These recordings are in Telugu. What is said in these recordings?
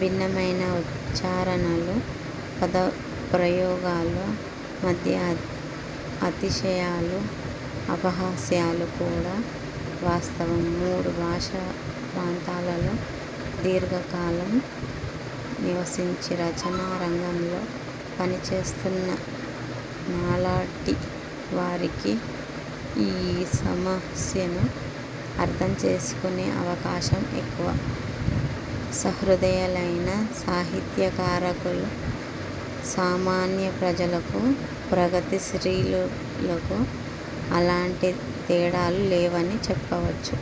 భిన్నమైన ఉచ్చారణలు పదప్రయోగాల మధ్య అతిశయాలు అపహాస్యాలు కూడా వాస్తవం. మూడు భాషా ప్రాంతాలలోనూ దీర్ఘకాలం నివసించి రచనా రంగంలో పనిచేస్తున్న నాలాటి వారికి ఈ సమస్యను అర్థం చేసుకునే అవకాశం ఎక్కువ. సహృదయులైన సాహిత్యకారులకూ సామాన్య ప్రజలకూ ప్రగతి శీలులకూ అలాటి తేడాలు లేవని చెప్పొచ్చు.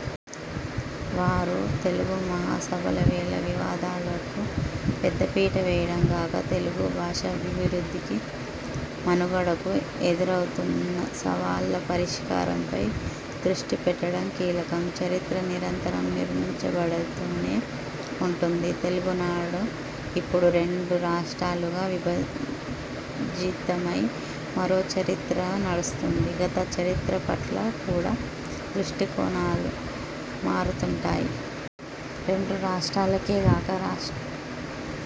వారు తెలుగు మహాసభల వేళ వివాదాలకు పెద్దపీట వేయడం గాక తెలుగు భాషాభివృద్ధికి మనుగడకూ ఎదురవుతున్న సవాళ్ల పరిష్కారంపై దృష్టి పెట్టడం కీలకం. చరిత్ర నిరంతరం నిర్మించబడుతూనే వుంటుంది. తెలుగునాడు ఇప్పుడు రెండు రాష్ట్రాలుగా విభజితమై మరో చరిత్ర నడుస్తున్నది. గత చరిత్ర పట్ల కూడా దృష్టికోణాలు మారుతుంటాయి. రెండు రాష్ట్రాలకే గాక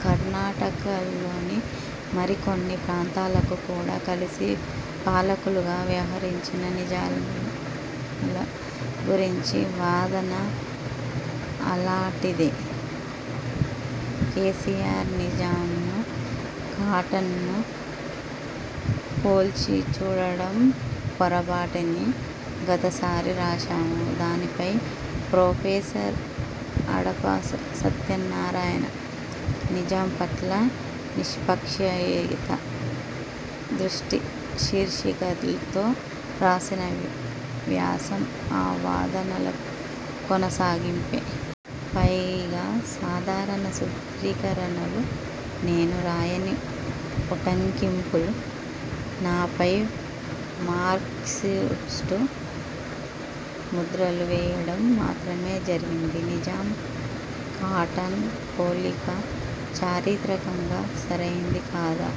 కర్ణాటకలోని మరికొన్ని ప్రాంతాలకు కూడా కలసి పాలకులుగా వ్యవహరించిన నిజాంల గురించిన వాదన అలాటిదే. కేసీఆర్ నిజాంనూ కాటన్నూ పోల్చి చూపడం పొరబాటని గతసారి రాశాను. దానిపై ప్రొఫెసర్ అడపా సత్యనారాయణ 'నిజాం పట్ల నిష్పాక్షిక దృష్టి' శీర్షికతో రాసిన వ్యాసం ఆ వాదనల కొనసాగింపే. పైగా సాధారణ సూత్రీకరణలూ, నేను రాయని ఉటంకింపులు, నాపై మార్క్సిస్టు ముద్రలూ వేయడం మాత్రమే జరిగింది. నిజాం కాటన్ పోలిక చారిత్రికంగా సరైందాకాదా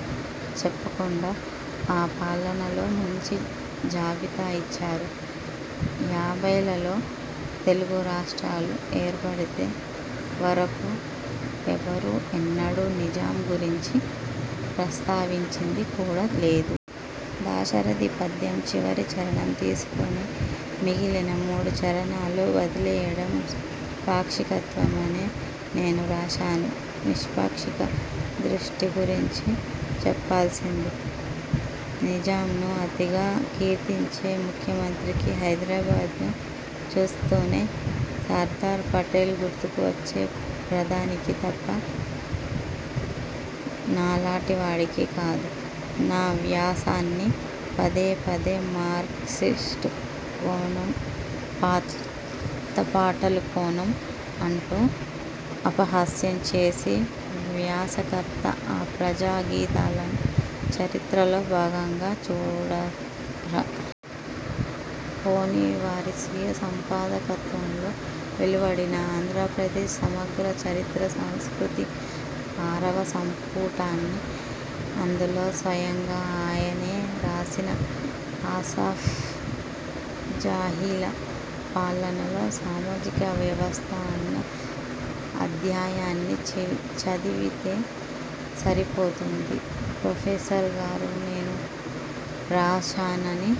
చెప్పకుండా ఆ పాలనలో 'మంచి' జాబితా ఇచ్చారు. యాభైలలో తెలుగు రాష్ట్రాలు ఏర్పడితే వరకూ ఎవరూ ఎన్నడూ నిజాం గురించి ప్రస్తావించింది కూడా లేదు. దాశరధి పద్యంలో చివరి చరణం తీసుకుని మిగిలిన మూడు చరణాలు వదిలేయడం పాక్షికత్వమనే నేను రాశాను. నిష్పాక్షిక దృష్టి గురించి చెప్పాల్సింది నిజాంను అతిగా కీర్తించే ముఖ్యమంత్రికీ, హైదరాబాద్ను చూస్తూనే సర్దార్ పటేల్ గుర్తుకు వచ్చే ప్రధానికీ తప్ప నాలాటి వాడికి కాదు. నా వ్యాసాన్ని పదే పదే మార్క్సిస్టు కోణం, పాత పాటల కోణం అంటూ అపహాస్యం చేసిన వ్యాసకర్త ఆ ప్రజా గీతాలను చరిత్రలో భాగంగా చూడరా? పోనీ వారి స్వీయ సంపాదకత్వంలో వెలువడిన 'ఆంధ్రప్రదేశ్ సమగ్ర చరిత్ర–సంసృతి'- ఆరవ సంపుటాన్ని అందులో స్వయంగా ఆయనే రాసిన 'అసఫ్ జాహీల పాలనలో సామాజిక వ్యవస్థ' అన్న అధ్యాయాన్ని చదివితే సరిపోతుంది. ప్రొఫెసర్ గారు నేను రాశానని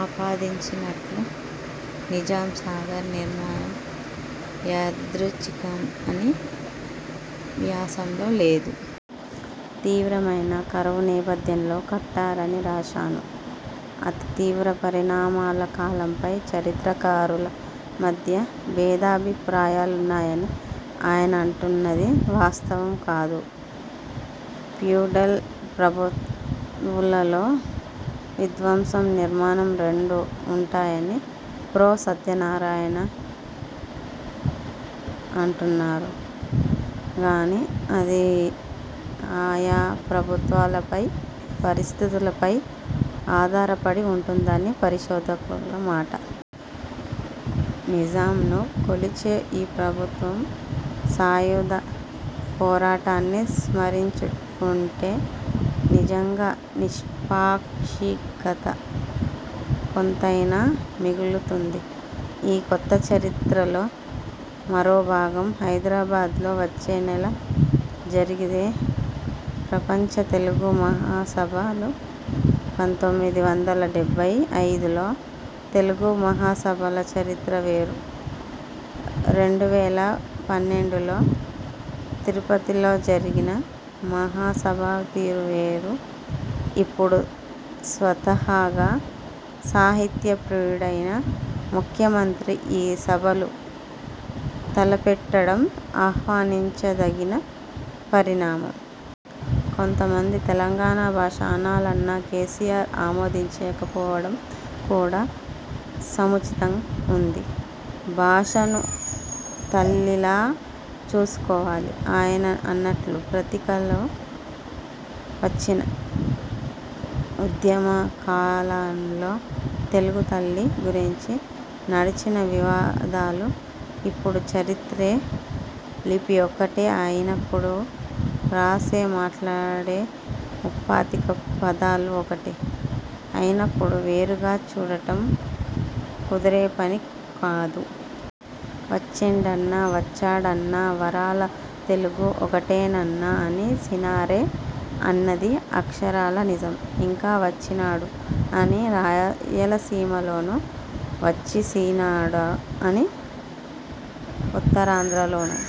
ఆపాదించినట్టు 'నిజాం సాగర్ నిర్మాణం యాదృచ్ఛికం' అని వ్యాసంలో లేదు. తీవ్రమైన కరువు నేపథ్యంలో కట్టారని రాశాను. అతి తీవ్ర పరిణామాల కాలం పై చరిత్రకారుల మధ్య భేదాభిప్రాయాలున్నాయని ఆయన అంటున్నది వాస్తవం కాదు. ఫ్యూడల్ ప్రభువులలో విధ్వంసం నిర్మాణం రెండూ వుంటాయని ప్రొ. సత్యనారాయణ అంటున్నారు గాని అది ఆయా ప్రభువులపై పరిస్థితులపై ఆధారపడి వుంటుందని పరిశోధకుల మాట. నిజాంను కొలిచే ఈ ప్రభుత్వం సాయుధ పోరాటాన్ని స్మరించుకుంటే నిజంగా నిష్పాక్షికత కొంతైనా మిగులుతుంది. ఈ కొత్తచరిత్రలో మరో భాగం హైదరాబాదులో వచ్చే నెల జరిగే ప్రపంచ తెలుగు మహాసభలు. పంతొమ్మిది వందల డెబ్బై ఐదులో తెలుగు మహాసభల చరిత్ర వేరు, రెండు వేల పన్నెండులో తిరుపతిలో జరిగిన మహాసభల తీరు వేరు, ఇప్పుడు స్వతహాగా సాహిత్య ప్రియుడైన ముఖ్యమంత్రి ఈ సభలు తలపెట్టడం ఆహ్వానించదగిన పరిణామం. కొంతమంది తెలంగాణ భాష అనాలన్నా కేసీఆర్ ఆమోదించకపోవడం కూడా సముచితంగా వుంది. భాషను తల్లిలాగా చూసుకోవాలని ఆయన అన్నట్లు పత్రికల్లో వచ్చింది. ఉద్యమ కాలంలో తెలుగుతల్లి గురించి నడిచిన వివాదాలు ఇప్పుడు గతచరిత్రే. లిపి ఒక్కటే అయినప్పుడు రాసే మాట్లాడే ముప్పాతిక పదాలు ఒకటే అయినప్పుడు వేరుగా చూడటం కుదిరేపని కాదు. వచ్చిండన్నా వచ్చాడన్నా వరాల తెలుగు ఒకటేనన్నా అని సినారె అన్నది అక్షరాల నిజం. ఇంకా వచ్చినాడు అని రాయలసీమలోనూ వచ్చీసీనాడు అని ఉత్తరాంధ్రలోనూ